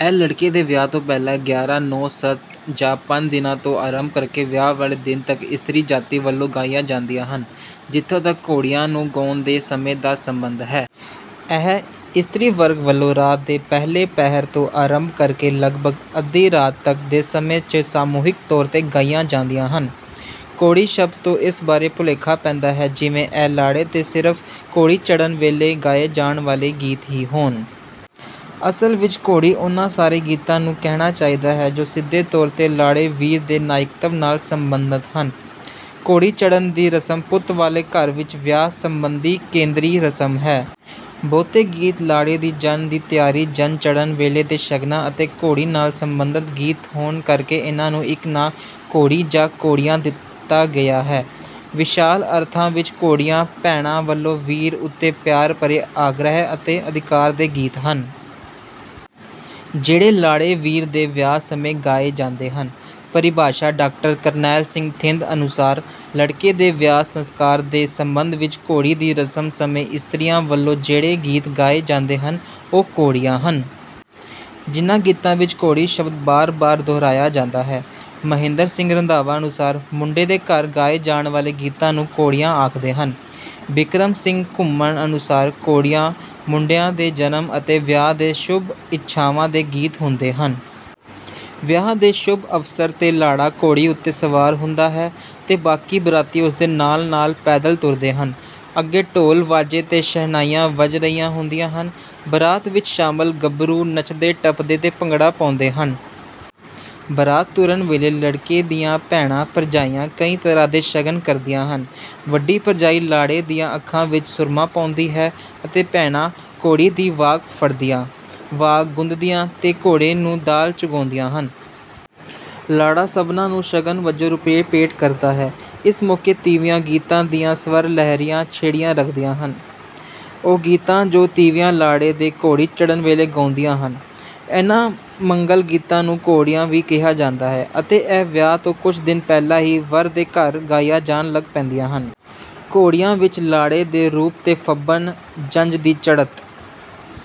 ਇਹ ਲੜਕੇ ਦੇ ਵਿਆਹ ਤੋਂ ਪਹਿਲਾਂ ਗਿਆਰਾਂ, ਨੌ, ਸੱਤ ਜਾਂ ਪੰਜ ਦਿਨਾਂ ਤੋਂ ਆਰੰਭ ਕਰਕੇ ਵਿਆਹ ਵਾਲੇ ਦਿਨ ਤੱਕ ਇਸਤਰੀ ਜਾਤੀ ਵੱਲੋਂ ਗਾਈਆਂ ਜਾਂਦੀਆਂ ਹਨ ਜਿੱਥੋ ਤੱਕ ਘੋੜੀਆਂ ਨੂੰ ਗਾਉਣ ਦੇ ਸਮੇਂ ਦਾ ਸੰਬੰਧ ਹੈ। ਇਹ ਇਸਤਰੀ ਵਰਗ ਵੱਲੋਂ ਰਾਤ ਦੇ ਪਹਿਲੇ ਪਹਿਰ ਤੋਂ ਆਰੰਭ ਕਰਕੇ ਲਗਭਗ ਅੱਧੀ ਰਾਤ ਤੱਕ ਦੇ ਸਮੇਂ ਚ ਸਮੂਹਿਕ ਤੌਰ ਤੇ ਗਾਈਆਂ ਜਾਂਦੀਆਂ ਹਨ। 'ਘੋੜੀ ਸ਼ਬਦ ਤੋਂ ਇਸ ਬਾਰੇ ਭੁਲੇਖਾ ਪੈਂਦਾ ਹੈ ਜਿਵੇਂ ਇਹ ਲਾੜੇ ਦੇ ਸਿਰਫ਼ ਘੋੜੀ ਚੜ੍ਹਨ ਵੇਲੇ ਗਾਏ ਜਾਣ ਵਾਲੇ ਗੀਤ ਹੀ ਹੋਣ। ਅਸਲ ਵਿਚ ਘੋੜੀ ਉਨ੍ਹਾਂ ਸਾਰੇ ਗੀਤਾਂ ਨੂੰ ਕਹਿਣਾ ਚਾਹੀਦਾ ਹੈ ਜੋ ਸਿੱਧੇ ਤੌਰ ਤੇ ਲਾੜੇ-ਵੀਰ ਦੇ ਨਾਇਕਤਵ ਨਾਲ ਸਬੰਧਤ ਹਨ। ਘੋੜੀ ਚੜ੍ਹਨ ਦੀ ਰਸਮ ਪੁੱਤ ਵਾਲੇ ਘਰ ਵਿਚ ਵਿਆਹ ਸਬੰਧੀ ਕੇਂਦਰੀ ਰਸਮ ਹੈ। ਬਹੁਤੇ ਗੀਤ ਲਾੜੇ ਦੀ ਜੰਨ ਦੀ ਤਿਆਰੀ, ਜੰਨ ਚੜ੍ਹਨ ਵੇਲੇ ਦੇ ਸ਼ਗਨਾਂ ਅਤੇ ਘੋੜੀ ਨਾਲ ਸਬੰਧਤ ਗੀਤ ਹੋਣ ਕਰਕੇ ਇਨ੍ਹਾਂ ਨੂੰ ਇਕ ਨਾਂ 'ਘੋੜੀ ਜਾਂ 'ਘੋੜੀਆਂ ਦਿੱਤਾ ਗਿਆ ਹੈ। ਵਿਸ਼ਾਲ ਅਰਥਾਂ ਵਿਚ ਘੋੜੀਆਂ, ਭੈਣਾਂ ਵੱਲੋਂ ਵੀਰ ਉੱਤੇ ਪਿਆਰ ਭਰੇ ਆਗ੍ਰਿਹ ਅਤੇ ਅਧਿਕਾਰ ਦੇ ਗੀਤ ਹਨ। ਜਿਹੜੇ ਲਾੜੇ-ਵੀਰ ਦੇ ਵਿਆਹ ਸਮੇਂ ਗਏ ਜਾਂਦੇ ਹਨ। ਪਰਿਭਾਸ਼ਾ ਡਾਕਟਰ ਕਰਨੈਲ ਸਿੰਘ ਥਿੰਦ ਅਨੁਸਾਰ, "ਲੜਕੇ ਦੇ ਵਿਆਹ ਸੰਸਕਾਰ ਦੇ ਸੰਬੰਧ ਵਿੱਚ ਘੋੜੀ ਦੀ ਰਸਮ ਸਮੇਂ ਇਸਤਰੀਆਂ ਵੱਲੋਂ ਜਿਹੜੇ ਗੀਤ ਗਾਏ ਜਾਂਦੇ ਹਨ, ਉਹ ਘੋੜੀਆਂ ਹਨ। ਜਿਨ੍ਹਾਂ ਗੀਤਾਂ ਵਿੱਚ ਘੋੜੀ ਸ਼ਬਦ ਬਾਰ-ਬਾਰ ਦੁਹਰਾਇਆ ਜਾਂਦਾ ਹੈ। " ਮਹਿੰਦਰ ਸਿੰਘ ਰੰਧਾਵਾ ਅਨੁਸਾਰ, "ਮੁੰਡੇ ਦੇ ਘਰ ਗਾਏ ਜਾਣ ਵਾਲੇ ਗੀਤਾਂ ਨੂੰ "ਘੋੜੀਆਂ" ਆਖਦੇ ਹਨ। " ਬਿਕਰਮ ਸਿੰਘ ਘੁੰਮਣ ਅਨੁਸਾਰ, "ਘੋੜੀਆਂ, ਮੁੰਡਿਆਂ ਦੇ ਜਨਮ ਅਤੇ ਵਿਆਹ ਦੇ ਸ਼ੁਭ-ਇੱਛਾਂਵਾਂ ਦੇ ਗੀਤ ਹੁੰਦੇ ਹਨ। ਵਿਆਹ ਦੇ ਸ਼ੁਭ ਅਵਸਰ ਤੇ ਲਾੜ੍ਹਾਂ ਘੋੜੀ ਉੱਤੇ ਸਵਾਰ ਹੁੰਦਾ ਹੈ ਤੇ ਬਾਕੀ ਬਰਾਤੀ ਉਸ ਦੇ ਨਾਲ-ਨਾਲ ਪੈਦਲ ਤੁਰਦੇ ਹਨ। ਅੱਗੇ ਢੋਲ ਵਾਜੇ ਤੇ ਸ਼ਹਿਨਾਈਆਂ ਵੱਜ ਰਹੀਆਂ ਹੁੰਦੀਆਂ ਹਨ। ਬਰਾਤ ਵਿਚ ਸ਼ਾਮਲ ਗੱਭਰੂ ਨੱਚਦੇ ਟੱਪਦੇ ਤੇ ਭੰਗੜੇ ਪਾਉਂਦੇ ਹਨ। ਬਰਾਤ ਤੁਰਨ ਵੇਲੇ ਲੜਕੇ ਦੀਆਂ ਭੈਣਾਂ ਭਰਜਾਈਆਂ ਕਈ ਤਰ੍ਹਾਂ ਦੇ ਸ਼ਗਨ ਕਰਦੀਆਂ ਹਨ। ਵੱਡੀ ਭਰਜਾਈ ਲਾਂੜੇ ਦੀਆਂ ਅੱਖਾਂ ਵਿੱਚ ਸੁਰਮਾ ਪਾਉਂਦੀ ਹੈ ਅਤੇ ਭੈਣਾਂ ਘੋੜੀ ਦੀ 'ਵਾਗ ਫੜਦੀਆਂ, 'ਵਾਗ ਗੁੰਦਦੀਆਂ ਤੇ ਘੋੜੀ ਨੂੰ ਦਾਲ ਚੁਗਾਉਂਦੀਆ ਹਨ। ਲਾੜ੍ਹਾ ਸਭਨਾਂ ਨੂੰ ਸ਼ਗਨ ਵਜੋਂ ਰੁਪਏ ਭੇਟ ਕਰਦਾ ਹੈ। ਇਸ ਮੌਕੇ ਤੀਵੀਆਂ ਗੀਤਾਂ ਦੀਆਂ ਸਵਰ ਲਹਿਰੀਆਂ ਛੇੜੀ ਰੱਖਦੀਆਂ ਹਨ। ਉਹ ਗੀਤ ਜੋ ਤੀਵੀਆਂ ਲਾੜੇ ਦੇ ਘੋੜੀ ਚੜ੍ਹਨ ਵੇਲੇ ਗਾਉਂਦੀਆਂ ਹਨ। ਇਨ੍ਹਾਂ ਮੰਗਲ ਗੀਤਾਂ ਨੂੰ 'ਘੋੜੀਆਂ ਵੀ ਕਿਹਾ ਜਾਂਦਾ ਹੈ ਅਤੇ ਇਹ ਵਿਆਹ ਤੋਂ ਕੁਝ ਦਿਨ ਪਹਿਲਾਂ ਹੀ ਵਰ ਦੇ ਘਰ ਗਾਈਆਂ ਜਾਣ ਲੱਗ ਪੈਂਦੀਆਂ ਹਨ। ਘੋੜੀਆਂ ਵਿੱਚ ਲਾੜ੍ਹੇ ਦੇ ਰੂਪ ਤੇ ਫੱਬਣ, ਜੰਞ ਦੀ ਚੜ੍ਹਤ